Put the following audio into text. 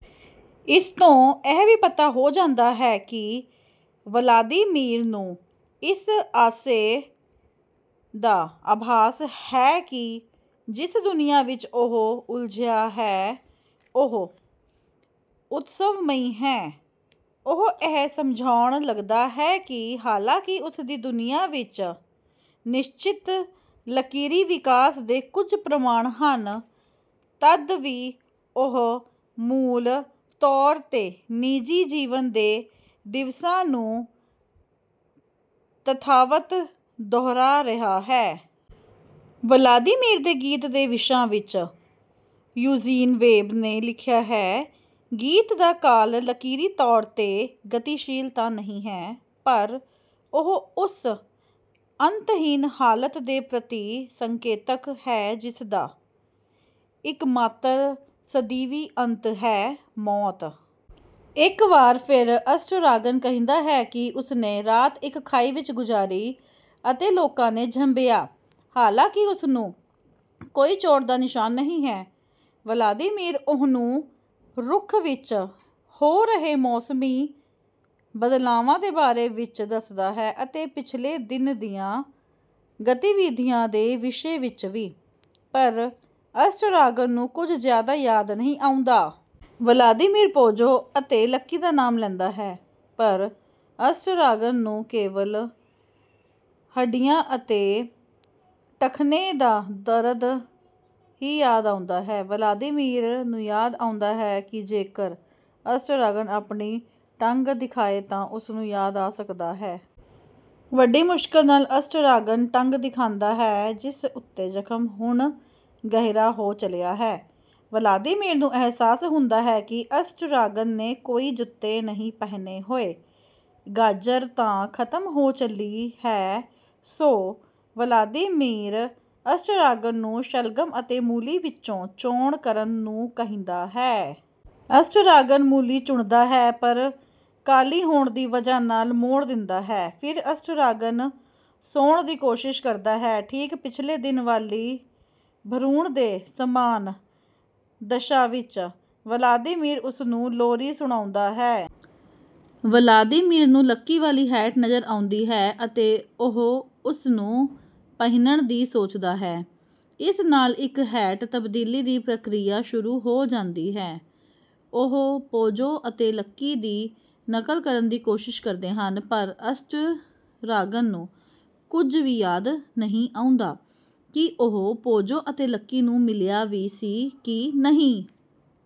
ਇਸਤੋਂ ਇਹ ਵੀ ਪਤਾ ਹੋ ਜਾਂਦਾ ਹੈ ਕਿ ਵਲਾਦੀਮੀਰ ਨੂੰ ਇਸ ਆਸ਼ੇ ਦਾ ਆਭਾਸ ਹੈ ਕਿ ਜਿਸ ਦੁਨੀਆਂ ਵਿੱਚ ਉਹ ਉਲਝਿਆ ਹੈ, ਉਹ ਉਤਸਵਮਈ ਹੈ। ਉਹ ਇਹ ਸਮਝਾਉਣ ਲੱਗਦਾ ਹੈ ਕਿ ਹਾਲਾਂਕਿ ਉਸਦੀ ਦੁਨੀਆਂ ਵਿੱਚ ਨਿਸ਼ਚਿਤ ਲਕੀਰੀ ਵਿਕਾਸ ਦੇ ਕੁੱਝ ਪ੍ਰਮਾਣ ਹਨ ਤਦ ਵੀ ਉਹ ਮੂਲ ਤੌਰ ਤੇ ਨਿਜੀ ਜੀਵਨ ਦੇ ਦਿਵਸਾਂ ਨੂੰ ਤਥਾਵਤ ਦੋਹਰਾ ਰਿਹਾ ਹੈ। ਵਲਾਦੀਮੀਰ ਦੇ ਗੀਤ ਦੇ ਵਿਸ਼ਾ ਵਿੱਚ ਯੂਜੀਨ ਵੇਬ ਨੇ ਲਿਖਿਆ ਹੈ: ਗੀਤ ਦਾ ਕਾਲ ਲਕੀਰੀ ਤੌਰ ਤੇ ਗਤੀਸ਼ੀਲ ਤਾਂ ਨਹੀਂ ਹੈ, ਪਰ ਉਹ ਉਸ ਅੰਤਹੀਨ ਹਾਲਤ ਦੇ ਪ੍ਰਤੀ ਸੰਕੇਤਕ ਹੈ ਜਿਸਦਾ ਇੱਕਮਾਤਰ ਸਦੀਵੀ ਅੰਤ ਹੈ: ਮੌਤ। ਇੱਕ ਵਾਰ ਫੇਰ ਅਸਟਰਾਗਨ ਕਹਿੰਦਾ ਹੈ ਕਿ ਉਸਨੇ ਰਾਤ ਇੱਕ ਖਾਈ ਵਿੱਚ ਗੁਜ਼ਾਰੀ ਅਤੇ ਲੋਕਾਂ ਨੇ ਝੰਬਿਆ ਹਾਲਾਂਕਿ ਉਸਨੂੰ ਕੋਈ ਚੋਟ ਦਾ ਨਿਸ਼ਾਨ ਨਹੀਂ ਹੈ। ਵਲਾਦੀਮੀਰ ਉਹਨੂੰ ਰੁੱਖ ਵਿੱਚ ਹੋ ਰਹੇ ਮੌਸਮੀ ਬਦਲਾਵਾਂ ਦੇ ਬਾਰੇ ਵਿੱਚ ਦੱਸਦਾ ਹੈ ਅਤੇ ਪਿਛਲੇ ਦਿਨ ਦੀਆਂ ਗਤੀਵਿਧੀਆਂ ਦੇ ਵਿਸ਼ੇ ਵਿੱਚ ਵੀ, ਪਰ ਅਸਟਰਾਗਨ ਨੂੰ ਕੁੱਝ ਜਿਆਦਾ ਯਾਦ ਨਹੀਂ ਆਉਂਦਾ। ਵਲਾਦੀਮੀਰ ਪੋਜੋ ਅਤੇ ਲੱਕੀ ਦਾ ਨਾਮ ਲੈਂਦਾ ਹੈ ਪਰ ਅਸਟਰਾਗਨ ਨੂੰ ਕੇਵਲ ਹੱਡੀਆਂ ਅਤੇ ਟਖਨੇ ਦਾ ਦਰਦ ਹੀ ਯਾਦ ਆਉਂਦਾ ਹੈ। ਵਲਾਦੀਮੀਰ ਨੂੰ ਯਾਦ ਆਉਂਦਾ ਹੈ ਕਿ ਜੇਕਰ ਅਸਟਰਾਗਨ ਆਪਣੀ ਟੰਗ ਦਿਖਾਏ ਤਾਂ ਉਸਨੂੰ ਯਾਦ ਆ ਸਕਦਾ ਹੈ। ਵੱਡੀ ਮੁਸ਼ਕਲ ਨਾਲ ਅਸਟਰਾਗਨ ਟੰਗ ਦਿਖਾਂਦਾ ਹੈ ਜਿਸ ਉੱਤੇ ਜਖਮ ਹੁਣ ਗਹਿਰਾ ਹੋ ਚਲਿਆ ਹੈ। ਵਲਾਦੀਮੀਰ ਨੂੰ ਅਹਿਸਾਸ ਹੁੰਦਾ ਹੈ ਕਿ ਅਸਟਰਾਗਨ ਨੇ ਕੋਈ ਜੁੱਤੇ ਨਹੀਂ ਪਹਿਨੇ ਹੋਏ। ਗਾਜਰ ਤਾਂ ਖ਼ਤਮ ਹੋ ਚੱਲੀ ਹੈ ਸੋ ਵਲਾਦੀਮੀਰ ਅਸਟਰਾਗਨ ਨੂੰ ਸ਼ਲਗਮ ਅਤੇ ਮੂਲੀ ਵਿੱਚੋਂ ਚੋਣ ਕਰਨ ਨੂੰ ਕਹਿੰਦਾ ਹੈ। ਅਸਟਰਾਗਨ ਮੂਲੀ ਚੁਣਦਾ ਹੈ ਪਰ ਕਾਲੀ ਹੋਣ ਦੀ ਵਜ੍ਹਾ ਨਾਲ ਮੋੜ ਦਿੰਦਾ ਹੈ। ਫਿਰ ਅਸਟਰਾਗਨ ਸੌਣ ਦੀ ਕੋਸ਼ਿਸ਼ ਕਰਦਾ ਹੈ ਠੀਕ ਪਿਛਲੇ ਦਿਨ ਵਾਲੀ ਭਰੂਣ ਦੇ ਸਮਾਨ ਦਸ਼ਾ ਵਿੱਚ। ਵਲਾਦੀਮੀਰ ਉਸਨੂੰ ਲੋਰੀ ਸੁਣਾਉਂਦਾ ਹੈ। ਵਲਾਦੀਮੀਰ ਨੂੰ ਲੱਕੀ ਵਾਲੀ ਹੈਟ ਨਜ਼ਰ ਆਉਂਦੀ ਹੈ ਅਤੇ ਉਹ ਉਸਨੂੰ ਪਹਿਨਣ ਦੀ ਸੋਚਦਾ ਹੈ। ਇਸ ਨਾਲ ਇੱਕ ਹੈਟ ਤਬਦੀਲੀ ਦੀ ਪ੍ਰਕਿਰਿਆ ਸ਼ੁਰੂ ਹੋ ਜਾਂਦੀ ਹੈ। ਉਹ ਪੋਜੋ ਅਤੇ ਲੱਕੀ ਦੀ ਨਕਲ ਕਰਨ ਦੀ ਕੋਸ਼ਿਸ਼ ਕਰਦੇ ਹਨ, ਪਰ ਅਸਟਰਾਗਨ ਨੂੰ ਕੁੱਝ ਵੀ ਯਾਦ ਨਹੀਂ ਆਉਂਦਾ ਕਿ ਉਹ ਪੋਜੋ ਅਤੇ ਲੱਕੀ ਨੂੰ ਮਿਲਿਆ ਵੀ ਸੀ ਕਿ ਨਹੀਂ।